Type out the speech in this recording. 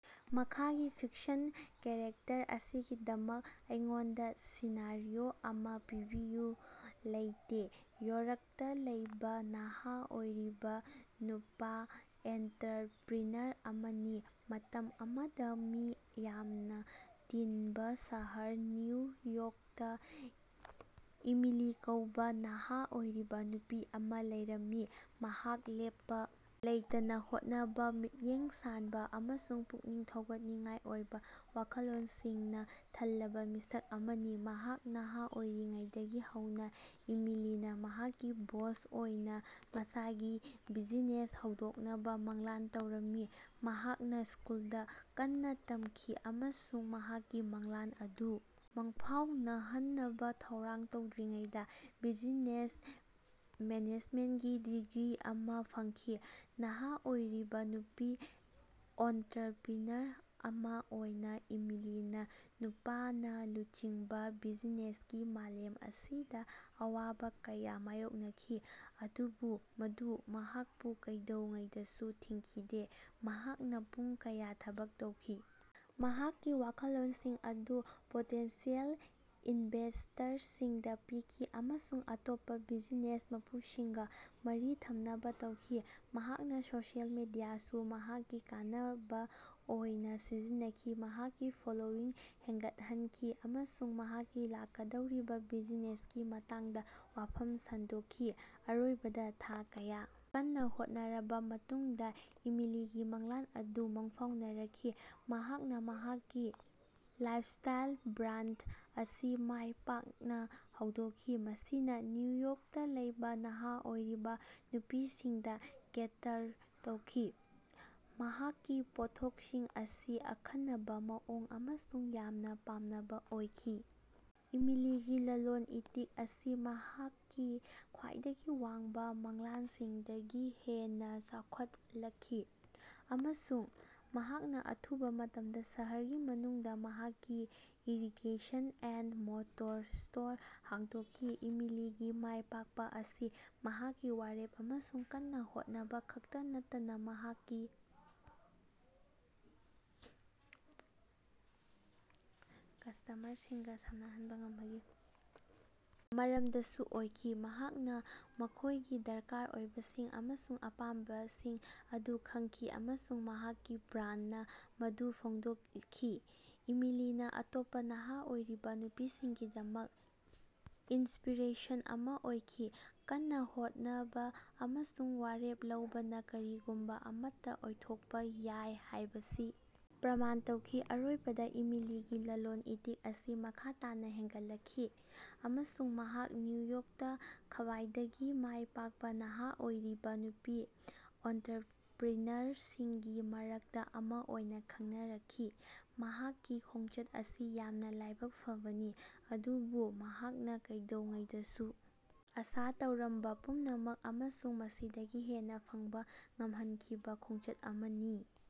ꯃꯈꯥꯒꯤ fiction character ꯑꯁꯤꯒꯤꯗꯃꯛ ꯑꯩꯉꯣꯟꯗ ꯁꯤꯅꯥꯔꯤꯑꯣ ꯑꯃ ꯄꯤꯕꯤꯌꯨ ꯂꯩꯇꯦ꯫ ꯌꯣꯔꯛꯇ ꯂꯩꯕ ꯅꯍꯥ ꯑꯣꯏꯔꯤꯕ ꯅꯨꯄꯤ ꯑꯣꯟꯇꯔꯄ꯭ꯔꯤꯅꯔ ꯑꯃꯅꯤ꯫ ꯃꯇꯝ ꯑꯃꯗ ꯃꯤ ꯌꯥꯝꯅ ꯇꯤꯟꯕ ꯁꯍꯔ ꯅ꯭ꯌꯨ ꯌꯣꯔꯛꯇ ꯏꯃꯤꯂꯤ ꯀꯧꯕ ꯅꯍꯥ ꯑꯣꯏꯔꯤꯕ ꯅꯨꯄꯤ ꯑꯃ ꯂꯩꯔꯝꯃꯤ꯫ ꯃꯍꯥꯛ ꯂꯦꯞꯄ ꯂꯩꯇꯅ ꯍꯣꯠꯅꯕ, ꯃꯤꯠꯌꯦꯡ ꯁꯥꯟꯕ ꯑꯃꯁꯨꯡ ꯄꯨꯛꯅꯤꯡ ꯊꯧꯒꯠꯅꯤꯡꯉꯥꯏ ꯑꯣꯏꯕ ꯋꯥꯈꯜꯂꯣꯟꯁꯤꯡꯅ ꯊꯜꯂꯕ ꯃꯤꯁꯛ ꯑꯃꯅꯤ꯫ ꯃꯍꯥꯛ ꯅꯍ ꯑꯣꯏꯔꯤꯉꯩꯗꯒꯤ ꯍꯧꯅ ꯏꯃꯤꯂꯤꯅ ꯃꯍꯥꯛꯀꯤ ꯕꯣꯁ ꯑꯣꯏꯅ ꯃꯁꯥꯒꯤ ꯕꯤꯖꯤꯅꯦꯁ ꯍꯧꯗꯣꯛꯅꯕ ꯃꯪꯂꯥꯟ ꯇꯧꯔꯝꯃꯤ꯫ ꯃꯍꯥꯛꯅ ꯁ꯭ꯀꯨꯜꯗ ꯀꯟꯅ ꯇꯝꯈꯤ ꯑꯃꯁꯨꯡ ꯃꯍꯥꯛꯀꯤ ꯃꯪꯂꯥꯟ ꯑꯗꯨ ꯃꯪꯐꯥꯎꯅꯍꯟꯅꯕ ꯊꯧꯔꯥꯡ ꯇꯧꯗ꯭ꯔꯤꯉꯩꯗ ꯕꯤꯖꯤꯅꯦꯁ ꯃꯦꯅꯦꯖꯃꯦꯟꯠꯀꯤ ꯗꯤꯒ꯭ꯔꯤ ꯑꯃ ꯐꯪꯈꯤ꯫ ꯅꯍꯥ ꯑꯣꯏꯔꯤꯕ ꯅꯨꯄꯤ ꯑꯣꯟꯇꯔꯄ꯭ꯔꯤꯅꯔ ꯑꯃ ꯑꯣꯏꯅ ꯏꯃꯤꯂꯤꯅ ꯅꯨꯄꯥꯅ ꯂꯨꯆꯤꯡꯕ ꯕꯤꯖꯤꯅꯦꯁꯀꯤ ꯃꯥꯂꯦꯝ ꯑꯁꯤꯗ ꯑꯋꯥꯕ ꯀꯌꯥ ꯃꯥꯌꯣꯛꯅꯈꯤ꯫ ꯑꯗꯨꯕꯨ ꯃꯗꯨ ꯃꯍꯥꯀꯄꯨ ꯀꯩꯗꯧꯉꯩꯗꯁꯨ ꯊꯤꯡꯈꯤꯗꯦ꯫ ꯃꯍꯥꯛꯅ ꯄꯨꯡ ꯀꯌꯥ ꯊꯕꯛ ꯇꯧꯈꯤ, ꯃꯍꯥꯛꯀꯤ ꯋꯥꯈꯜꯂꯣꯟꯁꯤꯡ ꯑꯗꯨ ꯄꯣꯇꯦꯟꯁꯤꯌꯜ ꯏꯅꯚꯦꯁ꯭ꯇꯔꯁꯤꯡꯗ ꯄꯤꯈꯤ ꯑꯃꯁꯨꯡ ꯑꯇꯣꯞꯄ ꯕꯤꯖꯤꯅꯦꯁ ꯃꯄꯨꯁꯤꯡꯒꯥ ꯃꯔꯤ ꯊꯝꯅꯕ ꯇꯧꯈꯤ꯫ ꯃꯍꯥꯛꯅ ꯁꯣꯁꯤꯌꯦꯜ ꯃꯤꯗꯤꯌꯥꯁꯨ ꯃꯍꯥꯛꯀꯤ ꯀꯥꯟꯅꯕ ꯑꯣꯏꯅ ꯁꯤꯖꯤꯟꯅꯈꯤ, ꯃꯍꯥꯛꯀꯤ ꯐꯣꯂꯣꯋꯤꯡ ꯍꯦꯟꯒꯠꯍꯟꯈꯤ ꯑꯃꯁꯨꯡ ꯃꯍꯥꯛꯀꯤ ꯂꯥꯛꯀꯗꯧꯔꯤꯕ ꯕꯤꯖꯤꯅꯦꯁꯀꯤ ꯃꯇꯥꯡꯗ ꯋꯥꯐꯝ ꯁꯟꯗꯣꯛꯈꯤ꯫ ꯑꯔꯣꯏꯕꯗ ꯊꯥ ꯀꯌꯥ ꯀꯟꯅ ꯍꯣꯠꯅꯔꯕ ꯃꯇꯨꯡꯗ ꯏꯃꯤꯂꯤꯒꯤ ꯃꯪꯂꯥꯟ ꯑꯗꯨ ꯃꯪꯐꯥꯎꯅꯔꯛꯈꯤ꯫ ꯃꯍꯥꯛꯅ ꯃꯍꯥꯛꯀꯤ ꯂꯥꯏꯐꯁ꯭ꯇꯥꯏꯜ ꯕ꯭ꯔꯥꯟꯗ ꯑꯁꯤ ꯃꯥꯏ ꯄꯥꯛꯅ ꯍꯧꯗꯣꯛꯈꯤ, ꯃꯁꯤꯅ ꯅ꯭ꯌꯨ ꯌꯣꯔꯛꯇ ꯂꯩꯕ ꯅꯍꯥ ꯑꯣꯏꯔꯤꯕ ꯅꯨꯄꯤꯁꯤꯡꯗ ꯀꯦꯇꯔ ꯇꯧꯈꯤ꯫ ꯃꯍꯥꯛꯀꯤ ꯄꯣꯠꯊꯣꯛꯁꯤꯡ ꯑꯁꯤ ꯑꯈꯟꯅꯕ, ꯃꯑꯣꯡ ꯑꯃꯁꯨꯡ ꯌꯥꯝꯅ ꯄꯥꯝꯅꯕ ꯑꯣꯏꯈꯤ꯫ ꯏꯃꯤꯂꯤꯒꯤ ꯂꯂꯣꯟ-ꯏꯇꯤꯛ ꯑꯁꯤ ꯃꯍꯥꯛꯀꯤ ꯈ꯭ꯋꯥꯏꯗꯒꯤ ꯋꯥꯡꯕ ꯃꯪꯂꯥꯟꯁꯤꯡꯗꯒꯤ ꯍꯦꯟꯅ ꯆꯥꯎꯈꯠꯂꯛꯈꯤ, ꯑꯃꯁꯨꯡ ꯃꯍꯥꯛꯅ ꯑꯊꯨꯕ ꯃꯇꯝꯗ ꯁꯍꯔꯒꯤ ꯃꯅꯨꯡꯗ ꯃꯍꯥꯛꯀꯤ ꯏꯔꯤꯒꯦꯁꯟ-ꯑꯦꯟꯗ-ꯃꯣꯔꯇꯔ ꯁ꯭ꯇꯣꯔ ꯍꯥꯡꯗꯣꯛꯈꯤ꯫ ꯏꯃꯤꯂꯤꯒꯤ ꯃꯥꯏꯄꯥꯛꯄ ꯑꯁꯤ ꯃꯍꯥꯛꯀꯤ ꯋꯥꯔꯦꯞ ꯑꯃꯁꯨꯡ ꯀꯟꯅ ꯍꯣꯠꯅꯕ ꯈꯛꯇ ꯅꯠꯇꯅ ꯃꯍꯥꯛꯀꯤ ꯀꯁ꯭ꯇꯃꯔꯁꯤꯡꯒ ꯁꯝꯅꯍꯟꯕ ꯉꯝꯕꯒꯤ ꯃꯔꯝꯗꯁꯨ ꯑꯣꯏꯈꯤ꯫ ꯃꯍꯥꯛꯅ ꯃꯈꯣꯏꯒꯤ ꯗꯔꯀꯥꯔ ꯑꯣꯏꯕꯁꯤꯡ ꯑꯃꯁꯨꯡ ꯑꯄꯥꯝꯕꯁꯤꯡ ꯑꯗꯨ ꯈꯪꯈꯤ, ꯑꯃꯁꯨꯡ ꯃꯍꯥꯛꯀꯤ ꯕ꯭ꯔꯥꯟꯗꯅ ꯃꯗꯨ ꯐꯣꯡꯗꯣꯛꯈꯤ꯫ ꯏꯃꯤꯂꯤꯅ ꯑꯇꯣꯞꯄ ꯅꯍꯥ ꯑꯣꯏꯔꯤꯕ ꯅꯨꯄꯤꯁꯤꯡꯒꯤꯗꯃꯛ ꯏꯟꯁꯄꯤꯔꯦꯁꯟ ꯑꯃ ꯑꯣꯏꯈꯤ, ꯀꯟꯅ ꯍꯣꯠꯅꯕ ꯑꯃꯁꯨꯡ ꯋꯥꯔꯦꯞ ꯂꯧꯕꯅ ꯀꯔꯤꯒꯨꯝꯕ ꯑꯃꯠꯇ ꯑꯣꯏꯊꯣꯛꯄ ꯌꯥꯏ ꯍꯥꯏꯕꯁꯤ ꯄ꯭ꯔꯃꯥꯟ ꯇꯧꯈꯤ꯫ ꯑꯔꯣꯏꯕꯗ ꯏꯃꯤꯂꯤꯒꯤ ꯂꯂꯣꯟ-ꯏꯇꯤꯛ ꯑꯁꯤ ꯃꯈꯥ ꯇꯥꯅ ꯍꯦꯟꯒꯠꯂꯛꯈꯤ, ꯑꯃꯁꯨꯡ ꯃꯍꯥꯛ ꯅ꯭ꯌꯨ ꯌꯣꯔꯛꯇ ꯈ꯭ꯕꯥꯏꯗꯒꯤ ꯃꯥꯏ ꯄꯥꯛꯄ ꯅꯍꯥ ꯑꯣꯏꯔꯤꯕ ꯅꯨꯄꯤ ꯑꯣꯟꯇꯔꯄ꯭ꯔꯤꯅꯔꯁꯤꯡꯒꯤ ꯃꯔꯛꯇ ꯑꯃ ꯑꯣꯏꯅ ꯈꯪꯅꯔꯛꯈꯤ꯫ ꯃꯍꯥꯛꯀꯤ ꯈꯣꯡꯆꯠ ꯑꯁꯤ ꯌꯥꯝꯅ ꯂꯥꯏꯕꯛ ꯐꯕꯅꯤ, ꯑꯗꯨꯕꯨ ꯃꯍꯥꯛꯅ ꯀꯩꯗꯧꯉꯩꯗꯁꯨ ꯑꯥꯁꯥ ꯇꯧꯔꯝꯕ ꯄꯨꯝꯅꯃꯛ, ꯑꯃꯁꯨꯡ ꯃꯁꯤꯗꯒꯤ ꯍꯦꯟꯅ ꯐꯪꯕ ꯉꯝꯍꯟꯈꯤꯕ ꯈꯣꯡꯆꯠ ꯑꯃꯅꯤ꯫